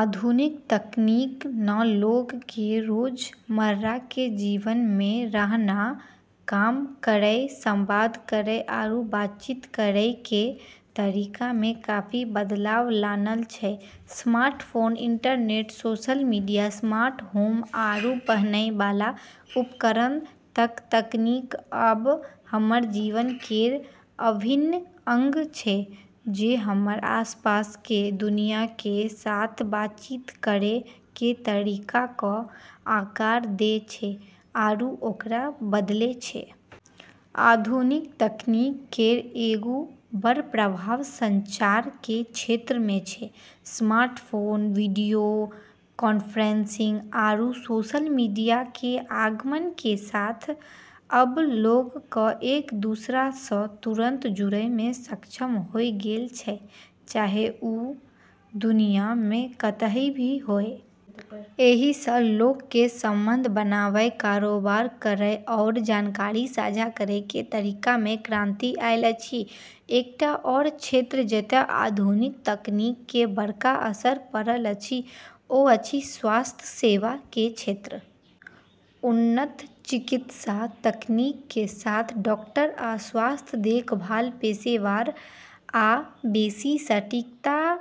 आधुनिक तकनीक न लोग के रोजमर्रा के जीवन मे रहना, काम करै, संवाद करै आरू बातचीत करै के तरीका मे काफी बदलाव लानल छै। Smartphone, internet, social media, smart home, आरू पहनै वाला उपकरण तक, तकनीक अब हमर जीवन केर अभिन्न अंग छै, जे हमर आसपास के दुनिया के साथ बातचीत करै के तरीका क आकार दै छै आरू ओकरा बदलै छै। आधुनिक तकनीक केर एगो बड़ प्रभाव संचार के क्षेत्र मे छै। स्मार्टफोन, वीडियो कॉन्फ्रेंसिंग, आरू सोशल मीडिया के आगमन के साथ अब लोग क एक-दूसरा स तुरंत जुड़ै मे सक्षम होय गेल छै, चाहे वू दुनिया मे कतहीं भी होय। एहि सं लोक के संबंध बनाबय, कारोबार करय, आओर जानकारी साझा करय के तरीका मे क्रांति आयल अछि। एकटा आओर क्षेत्र जतय आधुनिक तकनीक के बड़का असर पड़ल अछि ओ अछि स्वास्थ्य सेवा के क्षेत्र। उन्नत चिकित्सा तकनीक कें साथ, डॉक्टर आ स्वास्थ्य देखभाल पेशेवर आब बेसि सटीकता आ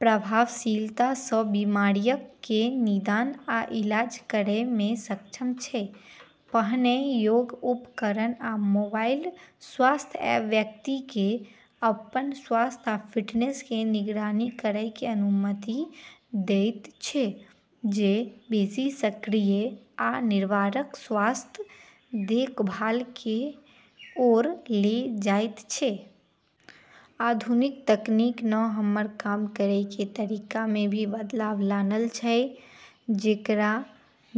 प्रभावशीलता सं बीमारियक कें निदान आ इलाज करय मे सक्षम छै। पहनय योग्य उपकरण आ मोबाइल स्वास्थ्य ऐप व्यक्तिक कें अपन स्वास्थ्य आ फिटनेस कें निगरानी करय कें अनुमति देयत छै, जे बेसि सक्रिय आ निवारक स्वास्थ्य देखभाल कें ओर ले जायत छै। आधुनिक तकनीक न हमर काम करै के तरीका मे भी बदलाव लानल छै, जेकरा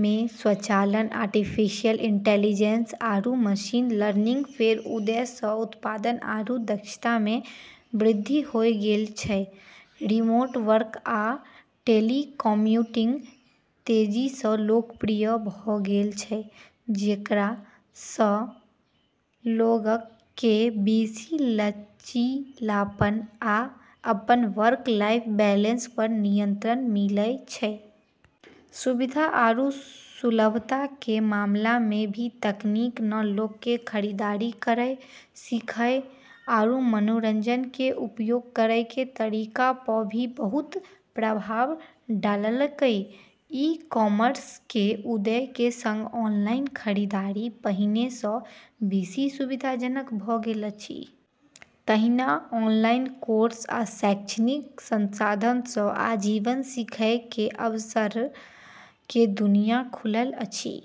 मे स्वचालन, आर्टिफिशियल इंटेलिजेंस, आरू मशीन लर्निंग केर उदय स उत्पादकता आरू दक्षता मे वृद्धि होय गेल छै। रिमोट वर्क आ टेलीकॉम्यूटिंग तेजी सं लोकप्रिय भ गेल छै, जेकरा सं लोगक कें बेसि लचीलापन आ अपन वर्क-लाइफ बैलेंस पर नियंत्रण मिलय छै। सुविधा आरू सुलभता के मामला मे भी तकनीक न लोग के खरीदारी करै, सीखै, आरू मनोरंजन के उपयोग करै के तरीका प भी बहुत प्रभाव डाललकै। ई-कॉमर्स के उदय के संग ऑनलाइन खरीदारी पहिने सं बेसि सुविधाजनक भ गेल अछि। तहिना ऑनलाइन कोर्स आ शैक्षणिक संसाधन सं आजीवन सीखय के अवसर के दुनिया खुलल अछि।